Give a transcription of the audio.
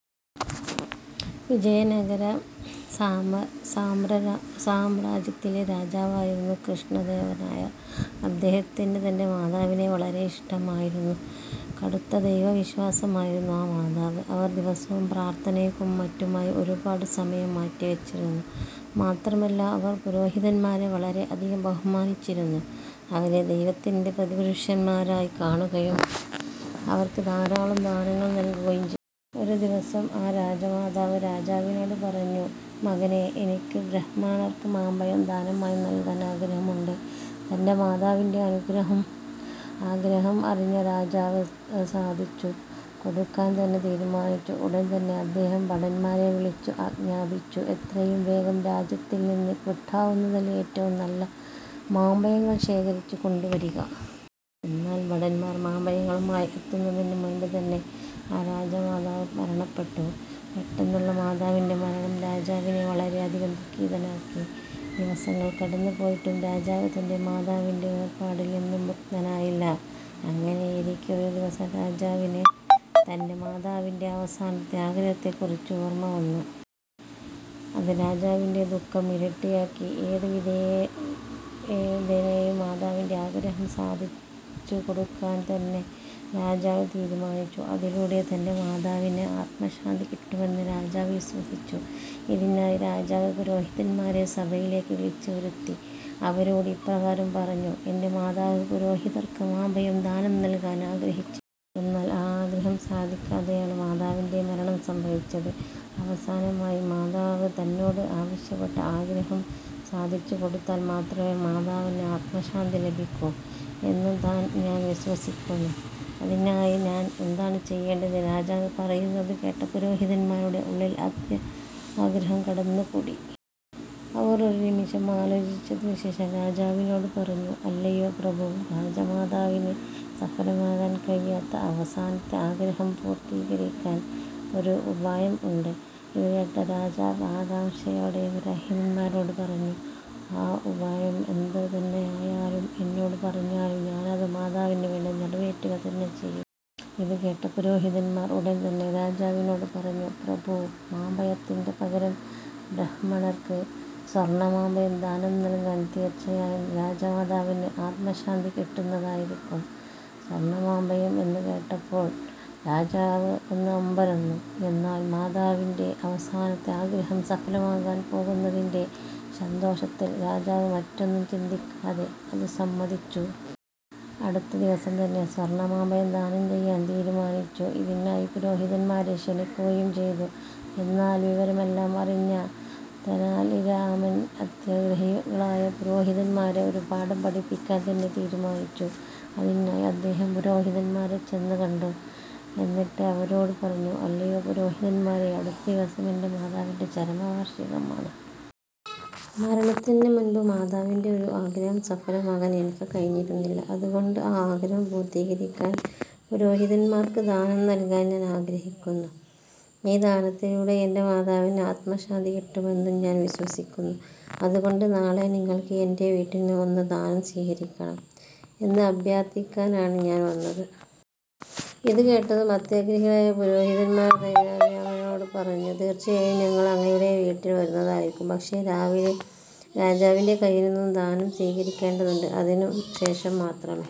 വിജയനഗര സാമ്രാജ്യത്തിലെ രാജാവായിരുന്നു കൃഷ്ണദേവരായർ. അദ്ദേഹത്തിന് തൻ്റെ മാതാവിനെ വളരെ ഇഷ്ടമായിരുന്നു. കടുത്ത ദൈവ വിശ്വാസിയായിരുന്നു ആ മാതാവ്. അവർ ദിവസവും പ്രാർത്ഥനയ്ക്കും മറ്റുമായി ഒരുപാട് സമയം മാറ്റി വച്ചിരുന്നു. മാത്രമല്ല അവർ പുരോഹിതന്മാരെ വളരെയധികം ബഹുമാനിച്ചിരുന്നു. അവരെ ദൈവത്തിന്റെ പ്രതിപുരുഷന്മാരായി കാണുകയും അവർക്ക് ധാരാളം ദാനങ്ങൾ നല്കുകയും ചെയ്തു. ഒരു ദിവസം ആ രാജമാതാവ് രാജാവിനോട് പറഞ്ഞു "മകനെ, എനിക്ക് ബ്രാഹ്മണർക്ക് മാമ്പഴം ദാനമായി നൽകാൻ ആഗ്രഹമുണ്ട്. " തൻ്റെ മാതാവിൻ്റെ ആഗ്രഹം അറിഞ്ഞ രാജാവ് അത് സാധിച്ചു കൊടുക്കാൻ തന്നെ തീരുമാനിച്ചു. ഉടൻതന്നെ അദ്ദേഹം ഭടന്മാരെ വിളിച്ചു ആഞ്ജാപിച്ചു. "എത്രയും വേഗം രാജ്യത്തിൽ നിന്ന് കിട്ടാവുന്നതിൽ ഏറ്റവും നല്ല മാമ്പഴങ്ങൾ ശേഖരിച്ചു കൊണ്ടുവരുക. " എന്നാൽ ഭടന്മാർ മാമ്പഴങ്ങളുമായി എത്തുന്നതിനു മുൻപ് തന്നെ ആ രാജമാതാവ് മരണപ്പെട്ടു. പെട്ടെന്നുള്ള മാതാവിൻ്റെ മരണം രാജാവിനെ വളരെയധികം ദുഃഖിതനാക്കി. ദിവസങ്ങൾ കടന്നു പോയിട്ടും രാജാവ് തൻ്റെ മാതാവിൻ്റെ വേർപാടിൽ നിന്നും മുക്തനായില്ല. അങ്ങനെയിരിക്കെ ഒരു ദിവസം രാജാവിന് തൻ്റെ മാതാവിൻ്റെ അവസാനത്തെ ആഗ്രഹത്തെക്കുറിച്ച് ഓർമ വന്നു. അത് രാജാവിൻ്റെ ദുഃഖം ഇരട്ടിയാക്കി. ഏതു വിധേനയും മാതാവിൻ്റെ ആഗ്രഹം സാധിച്ചു കൊടുക്കാൻ തന്നെ രാജാവ് തീരുമാനിച്ചു. അതിലൂടെ തൻ്റെ മാതാവിന് അത്മശാന്തി കിട്ടുമെന്നും രാജാവ് വിശ്വസിച്ചു. ഇതിനായി രാജാവ് പുരോഹിതന്മാരെ സഭയിലേക്ക് വിളിച്ചു വരുത്തി. ആവരോട് ഇപ്രകാരം പറഞ്ഞു. "എന്റെ മാതാവ് പുരോഹിതർക്ക് മാമ്പഴം ദാനം നൽകാൻ ആഗ്രഹിച്ചിരുന്നു. എന്നാൽ ആ ആഗ്രഹം സാധിക്കാതെയാണ് മാതാവിൻ്റെ മരണം സംഭവിച്ചത്. അവസാനമായി മാതാവ് തന്നോട് ആവശ്യപ്പെട്ട ആ ആഗ്രഹം സാധിച്ചു കൊടുത്താൽ മാത്രമേ മാതാവിന് ആത്മശാന്തി ലഭിക്കൂ എന്നു ഞാൻ വിശ്വസിക്കുന്നു. അതിനായി ഞാൻ എന്താണ് ചെയ്യേണ്ടത്? " രാജാവ് പറയുന്നത് കേട്ട പുരോഹിതന്മാരുടെ ഉള്ളിൽ അത്യാഗ്രഹം കടന്നുകൂടി. അവർ ഒരു നിമിഷം ആലോചിച്ചതിനു ശേഷം രാജാവിനോട് പറഞ്ഞു "അല്ലയോ പ്രഭു, രാജമാതാവിന് സഫലമാക്കാൻ കഴിയാത്ത അവസാനത്തെ ആഗ്രഹം പൂർത്തീകരിക്കാൻ ഒരു ഉപായം ഉണ്ട് " ഇതുകേട്ട രാജാവ് ആകാംഷയോടെ പുരോഹിതന്മാരോട് പറഞ്ഞു "ആ ഉപായം എന്തു തന്നെയായാലും എന്നോട് പറഞ്ഞാലും. ഞാനത് മാതാവിന് വേണ്ടി നിറവേറ്റുക തന്നെ ചെയ്യും. " ഇതുകേട്ട പുരോഹിതന്മാർ ഉടൻതന്നെ രാജാവിനോട് പറഞ്ഞു "പ്രഭു, മാമ്പഴത്തിനു പകരം ബ്രാഹ്മണർക്ക് സ്വർണ മാമ്പഴം ദാനം നൽകിയാൽ തീർച്ചയായും രാജമാതാവിന് അത്മശാന്തി കിട്ടുന്നതായിരിക്കും. " സ്വർണ മാമ്പഴം എന്ന് കേട്ടപ്പോൾ രാജാവ് ഒന്ന് അമ്പരന്നു. എന്നാലും മാതാവിൻ്റെ അവസാനത്തെ ആഗ്രഹം സഫലമാകാൻ പോകുന്നതിന്റെ സന്തോഷത്തിൽ രാജാവ് മറ്റൊന്നും ചിന്തിക്കാതെ അതു സമ്മതിച്ചു. അടുത്ത ദിവസം തന്നെ സ്വർണ മാമ്പഴം ദാനം ചെയ്യാൻ തീരുമാനിച്ചു. ഇതിനായി പുരോഹിതന്മാരെ ക്ഷണിക്കുകയും ചെയ്തു. എന്നാൽ വിവരമെല്ലാം അറിഞ്ഞ തെനാലിരാമൻ അത്യാഗ്രഹികളായ പുരോഹിതന്മാരെ ഒരു പാഠം പഠിപ്പിക്കാൻ തന്നെ തീരുമാനിച്ചു. അതിനായി അദ്ദേഹം പുരോഹിതന്മാരെ ചെന്നു കണ്ടു. എന്നിട്ട് അവരോട് പറഞ്ഞു "അല്ലയോ പുരോഹിതന്മാരെ അടുത്ത ദിവസം എന്റെ മാതാവിൻ്റെ ചരമവാർഷികമാണ്. മരണത്തിനു മുൻപ് മാതാവിൻ്റെ ഒരു ആഗ്രഹം സഫലമാക്കാൻ എനിക്ക് കഴിഞ്ഞിരുന്നില്ല. അതുകൊണ്ട് ആ ആഗ്രഹം പൂർത്തീകരിക്കാൻ പുരോഹിതന്മാർക്ക് ദാനം നൽകാൻ ഞാൻ ആഗ്രഹിക്കുന്നു. ഈ ദാനത്തിലൂടെ എൻ്റെ മാതാവിന് ആത്മശാന്തി കിട്ടുമെന്നും ഞാൻ വിശ്വസിക്കുന്നു. അതുകൊണ്ട് നാളെ നിങ്ങൾ എന്റ വീട്ടിൽ വന്നു ദാനം സ്വീകരിക്കണം എന്ന് അഭ്യർഥിക്കാനാണ് ഞാൻ വന്നത്. " ഇതു കേട്ടതും അത്യാഗ്രഹികളായ പുരോഹിതന്മാർ തെനാലിരാമനോട് പറഞ്ഞു "തീർച്ചയായും ഞങ്ങൾ അങ്ങയുടെ വീട്ടിൽ വരുന്നതായിരിക്കും. പക്ഷെ രാവിലെ രാജാവിന്റെ കൈയിൽനിന്നും ദാനം സ്വീകരിക്കേണ്ടതുണ്ട്. അതിനു ശേഷം മാത്രമേ